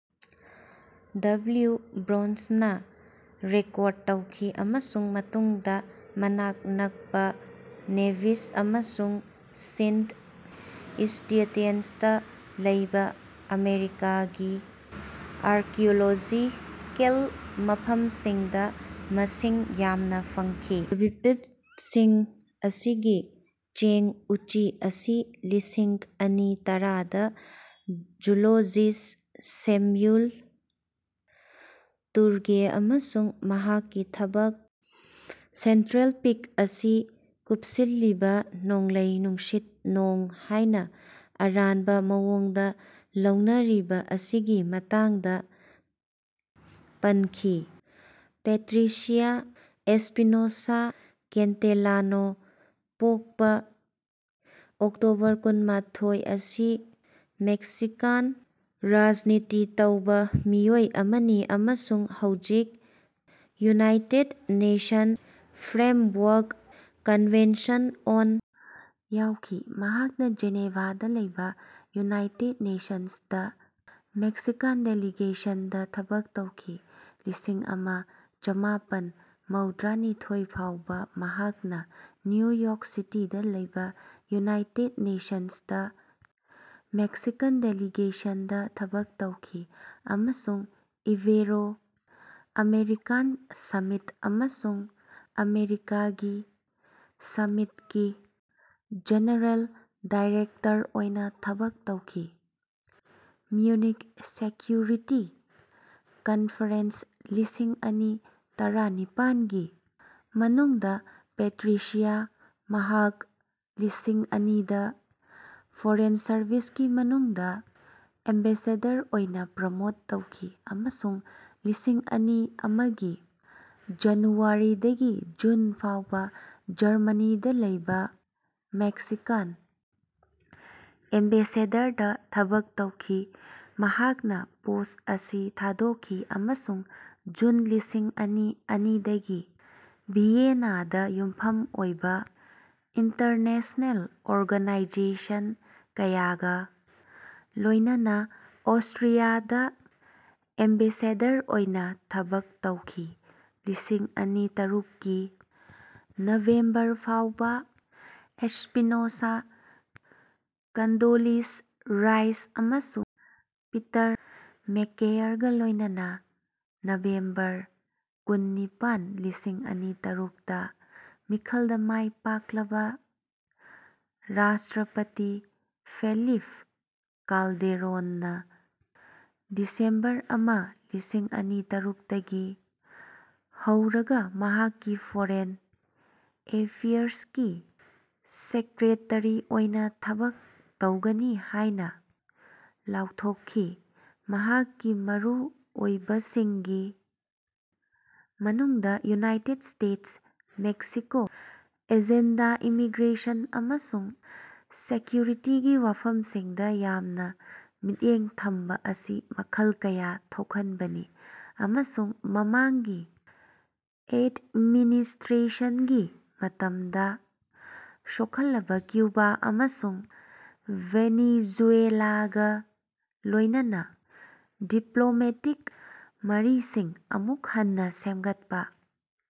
W ꯕ꯭ꯔꯥꯟꯆꯅ record ꯇꯧꯈꯤ ꯑꯃꯁꯨꯡ ꯃꯇꯨꯡꯗ ꯃꯅꯥꯛ ꯅꯛꯄ ꯅꯦꯚꯤꯁ ꯑꯃꯁꯨꯡ ꯁꯤꯟꯠ ꯏꯎꯁ꯭ꯇꯦꯇꯤꯌꯁꯇ ꯂꯩꯕ ꯑꯃꯦꯔꯤꯀꯥꯒꯤ ꯑꯥꯔꯀꯤꯑꯣꯂꯣꯖꯤꯀꯦꯜ ꯃꯐꯝꯁꯤꯡꯗ ꯃꯁꯤꯡ ꯌꯥꯝꯅꯥ ꯐꯪꯈꯤ꯫ ꯗ꯭ꯕꯤꯞꯁꯤꯡ ꯑꯁꯤꯒꯤ ꯆꯦꯡ ꯎꯆꯤ ꯑꯁꯤ ꯂꯤꯁꯤꯡ ꯑꯅꯤ ꯇꯔꯥꯗ ꯖꯨꯂꯣꯖꯤꯁ ꯁꯦꯝꯌꯨꯜ ꯇꯨꯔꯚꯦ ꯑꯃꯁꯨꯡ ꯃꯍꯥꯛꯀꯤ ꯊꯕꯛ ꯁꯦꯟꯇ꯭ꯔꯦꯜ ꯄꯤꯛ ꯑꯁꯤ ꯀꯨꯞꯁꯤꯜꯂꯤꯕꯥ ꯅꯣꯡꯂꯩ ꯅꯨꯡꯁꯤꯠ ꯅꯣꯡ ꯍꯥꯏꯅ ꯑꯔꯥꯟꯕ ꯃꯑꯣꯡꯗ ꯂꯧꯅꯔꯤꯕ ꯑꯁꯤꯒꯤ ꯃꯇꯥꯡꯗꯥ ꯄꯟꯈꯤ꯫ ꯄꯦꯇ꯭ꯔꯤꯁꯤꯌꯥ ꯑꯦꯁ꯭ꯄꯤꯅꯣꯁꯥ ꯀꯦꯟꯇꯦꯂꯥꯅꯣ ꯄꯣꯛꯄꯥ ꯑꯣꯛꯇꯣꯕꯔ ꯀꯨꯟꯃꯥꯊꯣꯏ ꯑꯁꯤ ꯃꯦꯛꯁꯤꯀꯥꯟ ꯔꯥꯖꯅꯤꯇꯤ ꯇꯧꯕꯥ ꯃꯤꯑꯣꯏ ꯑꯃꯅꯤ ꯑꯃꯁꯨꯡ ꯍꯧꯖꯤꯛ United Nation Framework Convention on ꯌꯥꯎꯈꯤ ꯃꯍꯥꯛꯅꯥ ꯖꯦꯅꯦꯚꯥꯗꯥ ꯂꯩꯕꯥ ꯌꯨꯅꯥꯏꯇꯦꯗ ꯅꯦꯁꯟꯁꯇꯥ ꯃꯦꯛꯁꯤꯀꯥꯟ ꯗꯦꯂꯤꯒꯦꯁꯟꯗꯥ ꯊꯕꯛ ꯇꯧꯈꯤ꯫ ꯂꯤꯁꯤꯡ ꯑꯃ ꯆꯃꯥꯄꯟ ꯃꯧꯗ꯭ꯔꯥꯅꯤꯊꯣꯏ ꯐꯥꯎꯕꯥ ꯃꯍꯥꯛꯅꯥ ꯅ꯭ꯌꯨ ꯌꯣꯔꯛ ꯁꯤꯇꯤꯗꯥ ꯂꯩꯕꯥ ꯌꯨꯅꯥꯏꯇꯦꯗ ꯅꯦꯁꯟꯁꯇꯥ ꯃꯦꯛꯁꯤꯀꯥꯟ ꯗꯦꯂꯤꯒꯦꯁꯟꯗꯥ ꯊꯕꯛ ꯇꯧꯈꯤ ꯑꯃꯁꯨꯡ ꯏꯕꯦꯔꯣ ꯑꯃꯦꯔꯤꯀꯥꯟ ꯁꯃꯤꯠ ꯑꯃꯁꯨꯡ ꯑꯃꯦꯔꯤꯀꯥꯒꯤ ꯁꯃꯤꯠꯀꯤ ꯖꯦꯅꯔꯦꯜ ꯗꯥꯏꯔꯦꯛꯇꯔ ꯑꯣꯏꯅꯥ ꯊꯕꯛ ꯇꯧꯈꯤ꯫ ꯃ꯭ꯌꯨꯅꯤꯈ ꯁꯦꯀ꯭ꯌꯨꯔꯤꯇꯤ ꯀꯟꯐꯔꯦꯟꯁ ꯂꯤꯁꯤꯡ ꯑꯅꯤ ꯇꯔꯥꯅꯤꯄꯥꯟꯒꯤ ꯃꯅꯨꯡꯗ ꯄꯦꯇ꯭ꯔꯤꯁꯤꯌꯥ ꯃꯍꯥꯛ ꯂꯤꯁꯤꯡ ꯑꯅꯤꯗꯥ ꯐꯣꯔꯦꯟ ꯁꯔꯕꯤꯁꯀꯤ ꯃꯅꯨꯡꯗꯥ ꯑꯦꯝꯕꯦꯁꯦꯗꯔ ꯑꯣꯏꯅꯥ ꯄ꯭ꯔꯣꯃꯣꯠ ꯇꯧꯈꯤ ꯑꯃꯁꯨꯡ ꯂꯤꯁꯤꯡ ꯑꯅꯤ ꯑꯃꯒꯤ ꯖꯅꯨꯋꯥꯔꯤꯗꯒꯤ ꯖꯨꯟ ꯐꯥꯎꯕꯥ ꯖꯔꯃꯅꯤꯗꯥ ꯂꯩꯕꯥ ꯃꯦꯛꯁꯤꯀꯥꯟ ꯑꯦꯝꯕꯦꯁꯦꯗꯔꯗꯥ ꯊꯕꯛ ꯇꯧꯈꯤ ꯃꯍꯥꯛꯅꯥ ꯄꯣꯁ꯭ꯠ ꯑꯁꯤ ꯊꯥꯗꯣꯛꯈꯤ ꯑꯃꯁꯨꯡ ꯖꯨꯟ ꯂꯤꯁꯤꯡ ꯑꯅꯤ ꯑꯅꯤꯗꯒꯤ ꯚꯤꯌꯦꯅꯥꯗꯥ ꯌꯨꯝꯐꯝ ꯑꯣꯏꯕꯥ ꯏꯟꯇꯔꯅꯦꯁꯅꯦꯜ ꯑꯣꯔꯒꯅꯥꯏꯖꯦꯁꯟ ꯀꯌꯥꯒꯥ ꯂꯣꯏꯅꯅꯥ ꯑꯣꯁꯇ꯭ꯔꯤꯌꯥꯗꯥ ꯑꯦꯝꯕꯦꯁꯦꯗꯔ ꯑꯣꯏꯅꯥ ꯊꯕꯛ ꯇꯧꯈꯤ꯫ ꯂꯤꯁꯤꯡ ꯑꯅꯤ ꯇꯔꯨꯛꯀꯤ ꯅꯕꯦꯝꯕꯔ ꯐꯥꯎꯕ ꯑꯦꯁ꯭ꯄꯤꯅꯣꯁꯥ ꯀꯟꯗꯣꯂꯤꯖ ꯔꯥꯏꯁ ꯑꯃꯁꯨ ꯄꯤꯇꯔ ꯃꯦꯀꯀꯦꯌꯔꯒꯥ ꯂꯣꯏꯅꯅꯥ꯫ ꯅꯕꯦꯝꯕꯔ ꯀꯨꯟ ꯅꯤꯄꯥꯟ ꯂꯤꯁꯤꯡ ꯑꯅꯤ ꯇꯔꯨꯛꯇ ꯃꯤꯈꯜꯗꯥ ꯃꯥꯏ ꯄꯥꯛꯂꯕꯥ ꯔꯥꯁꯇ꯭ꯔꯄꯇꯤ ꯐꯦꯂꯤꯞ ꯀꯥꯜꯗꯦꯔꯣꯟꯅꯥ ꯗꯤꯁꯦꯝꯕꯔ ꯑꯃ ꯂꯤꯁꯤꯡ ꯑꯅꯤ ꯇꯔꯨꯛꯇꯒꯤ ꯍꯧꯔꯒꯥ ꯃꯍꯥꯛꯀꯤ ꯐꯣꯔꯦꯟ ꯑꯦꯐꯤꯌꯔꯁꯀꯤ ꯁꯦꯀ꯭ꯔꯦꯇꯔꯤ ꯑꯣꯏꯅꯥ ꯊꯕꯛ ꯇꯧꯒꯅꯤ ꯍꯥꯏꯅꯥ ꯂꯥꯎꯊꯣꯛꯈꯤ ꯃꯍꯥꯛꯀꯤ ꯃꯔꯨ ꯑꯣꯏꯕꯁꯤꯡꯒꯤ ꯃꯅꯨꯡꯗꯥ United States Mexico agenda immigration ꯑꯃꯁꯨꯡ ꯁꯦꯀ꯭ꯌꯨꯔꯤꯇꯤꯒꯤ ꯋꯥꯐꯝꯁꯤꯡꯗꯥ ꯌꯥꯝꯅꯥ ꯃꯤꯠꯌꯦꯡ ꯊꯝꯕꯥ ꯑꯁꯤ ꯃꯈꯜ ꯀꯌꯥ ꯊꯣꯛꯍꯟꯕꯅꯤ꯫ ꯑꯃꯁꯨꯡ ꯃꯃꯥꯡꯒꯤ ꯑꯦꯗꯃꯤꯅꯤꯁꯇ꯭ꯔꯦꯁꯟꯒꯤ ꯃꯇꯝꯗꯥ ꯁꯣꯛꯍꯜꯂꯕꯥ ꯀ꯭ꯌꯨꯕꯥ ꯑꯃꯁꯨꯡ ꯚꯦꯅꯤꯖꯨꯌꯦꯂꯥꯒꯥ ꯂꯣꯏꯅꯅꯥ ꯗꯤꯄ꯭ꯂꯣꯃꯦꯇꯤꯛ ꯃꯔꯤꯁꯤꯡ ꯑꯃꯨꯛ ꯍꯟꯅꯥ ꯁꯦꯝꯒꯠꯄꯥ꯫